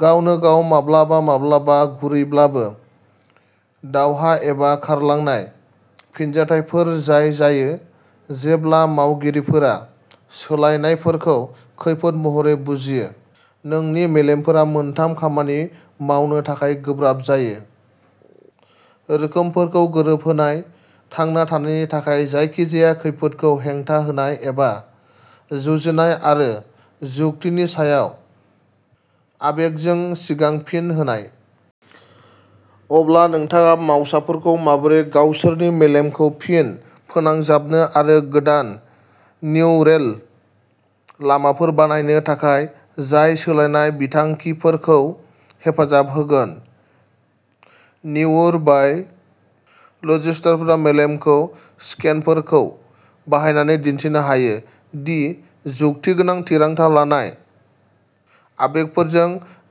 गावनो गाव माब्लाबा माब्लाबा गुरैब्लाबो दावहा एबा खारलांनाय फिनजाथायफोर जाय जायो जेब्ला मावगिरिफोरा सोलायनायफोरखौ खैफोद महरै बुजियो। जोंनि मेलेमफोरा मोनथाम खामानि मावनो थाखाय गोब्राब जायो। रोखोमफोरखौ गोरोबहोनाय थांना थानायनि थाखाय जायखिजाया खैफोदखौ हेंथा होनाय एबा जुजिनाय आरो जुक्तिनि सायाव आबेगजों सिगां फिन होनाय। अब्ला नोंथाङा मावसाफोरखौ माबोरै गावसोरनि मेलेमखौ फिन फोनांजाबनो आरो गोदान निउरेल लामाफोर बानायनो हायो। जाय सोलायनाय बिथांखिफोरखौ हेफाजाब होगोन? नि उर' बाय' लजिस्टफोरा मेलेम स्केनफोरखौ बाहायनानै दिन्थिनो हायो। दि जुक्तिगोनां थिरांथा लानायआ आबेगफोरजों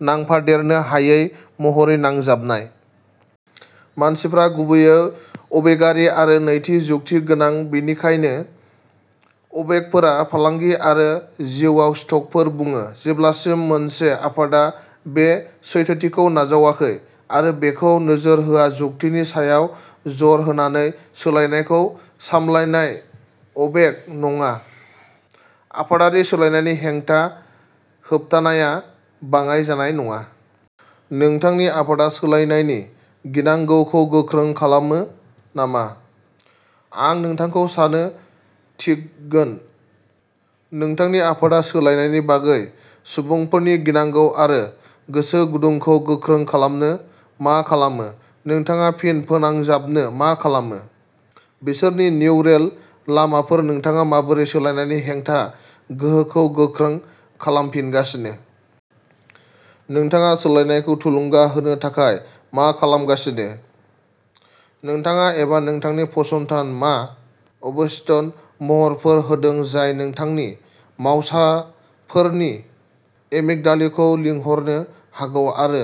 नांफादेरनो हायै महरै नांजाबनाय। मानसिफ्रा गुबैयै आबेगारि आरो नैथि जुक्ति गोनां बेनिखायनो आबेगफोरा फालांगि आरो जिउआव शटफोर बुङो। जेब्लासिम मोनसे आफादआ बे सैथोथिखौ नाजावाखै आरो बेखौ नोजोर होआ जुक्तिनि सायाव जर होनानै सोलायनायखौ सामलायनाय आबेग नङा। आफादारि सोलायनायनि हेंथा होबथानाया बाङाइ जानाय नङा। नोंथांनि आफादआ सोलायनायनि गिनांगौखौ गोख्रों खालामो नामा? आं नोंथांखौ साननो थिनगोन। नोंथांनि आफादआ सोलायनायनि बागै सुबुंफोरनि गिनांगौ आरो गोसो गुदुंखौ गोख्रों खालामनो मा खालामो? नोंथाङा फिन फोनांजाबनो मा खालामो? बिसोरनि निउरेल लामाफोर नोंथाङा माबोरै सोलायनायनि हेंथा गोहोखौ गोख्रों खालामफिनगासिनो? नोंथाङा सोलायनायखौ थुलुंगा होनो थाखाय मा खालामगासिनो? नोंथाङा एबा नोंथांनि फसंथाना मा अ ब'चेतन महरफोर होदों जाय नोंथांनि मावसाफोरनि एमिगडालेखौ लिंहरनो हागौ आरो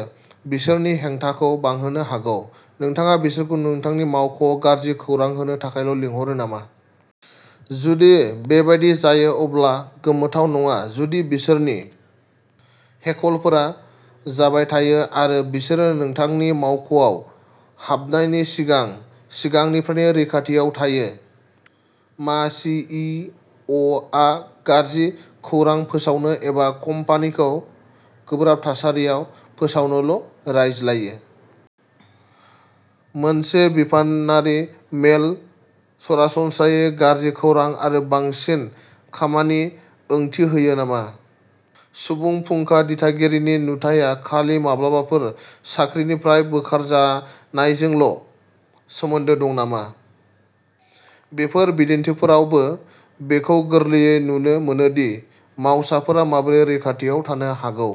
बिसोरनि हेंथाखौ बांहोनो हागौ? नोंथाङा बिसोरखौ नोंथांनि मावख'आव गाज्रि खौरां होनो थाखायल' लिंहरो नामा? जुदि बेबादि जायो अब्ला गोमोथाव नङा जुदि बिसोरनि हेकलफोरा जाबाय थायो आरो बिसोरो नोंथांनि मावख'आव हाबनायनि सिगां सिगांनिफ्रायनो रैखाथियाव थायो। मा सि इ अ आ गाज्रि खौरां फोसावनो एबा कम्पानिखौ गोब्राब थासारियाव फोसावनोल' रायज्लायो? मोनसे बिफानारि मेल सरासनस्रायै गाज्रि खौरां आरो बांसिन खामानि ओंथि होयो नामा? सुबुं फुंखा दिथागिरिनि नुथाया खालि माब्लाबाबो साख्रिनिफ्राय बोखारनायजोंल' सोमोन्दो दं नामा? बेफोर बिदिन्थिफोरावबो बेखौ गोरलैयै नुनो मोनो दि मावसाफोरा माबोरै रैखाथियाव थानो हागौ।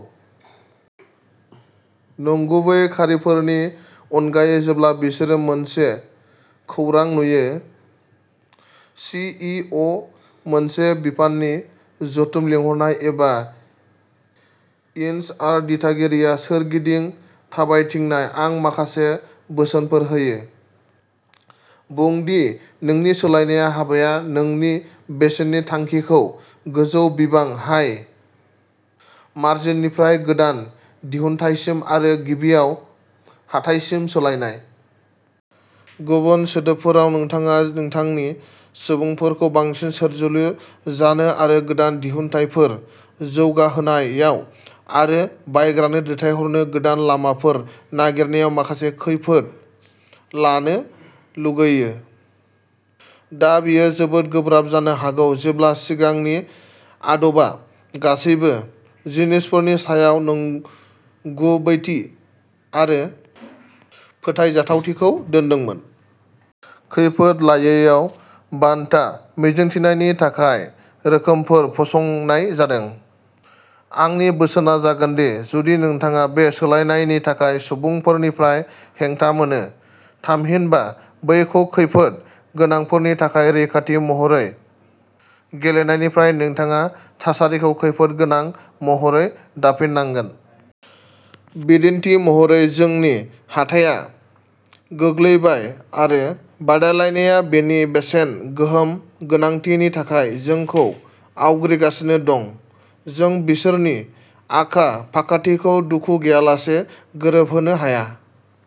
नंगुबै खारिफोरनि अनगायै जेब्ला बिसोरो मोनसे खौरां नुयो। सि इ अ मोनसे बिफाननि जथुम लिंहरनाय एबा एइच आर दिथागिरिया सोरगिदिं थाबायथिंनाय। आं माखासे बोसोनफोर होयो। बुं दि नोंनि सोलायनाय हाबाया नोंनि बेसेननि थांखिखौ गोजौ बिबां हाय मारजिननिफ्राय गोदान दिहुनथायसिम आरो गिबियाव हाथाइसिम सोलायनाय। गुबुन सोदोबफोराव नोंथाङा नोंथांनि सुबुंफोरखौ बांसिन सोरजिलु जानो आरो गोदान दिहुनथायफोर जौगाहोनायाव आरो बायग्रानो दैथायहरनो गोदान लामाफोर नागिरनायाव माखासे खैफोदफोर लानो लुगैयो। दा बेयो जोबोद गोब्राब जानो हागौ जेब्ला सिगांनि आदबा गासैबो जिनिसफोरनि सायाव नंगुबैथि आरो फोथायजाथावथिखौ दोन्दोंमोन। खैफोद लायैयाव बान्था मिजिंथिनायनि थाखाय रोखोमफोर फसंनाय जादों। आंनि बोसोनआ जागोनदि जुदि नोंथाङा बे सोलायनायनि थाखाय सुबुंफोरनिफ्राय हेंथा मोनो। थामहिनबा बेखौ खैफोद गोनांफोरनि थाखाय रैखाथि महरै गेलेनायनिफ्राय नोंथाङा थासारिखौ खैफोद गोनां महरै दाफिननांगोन। बिदिन्थि महरै जोंनि हाथाया गोग्लैबाय आरो बादायलायनाया बेनि बेसेन गोहोम गोनांथिनि थाखाय जोंखौ आवग्रिगासिनो दं। जों बिसोरनि आखा-फाखाथिखौ दुखु गैयालासे गोरोबहोनो हाया।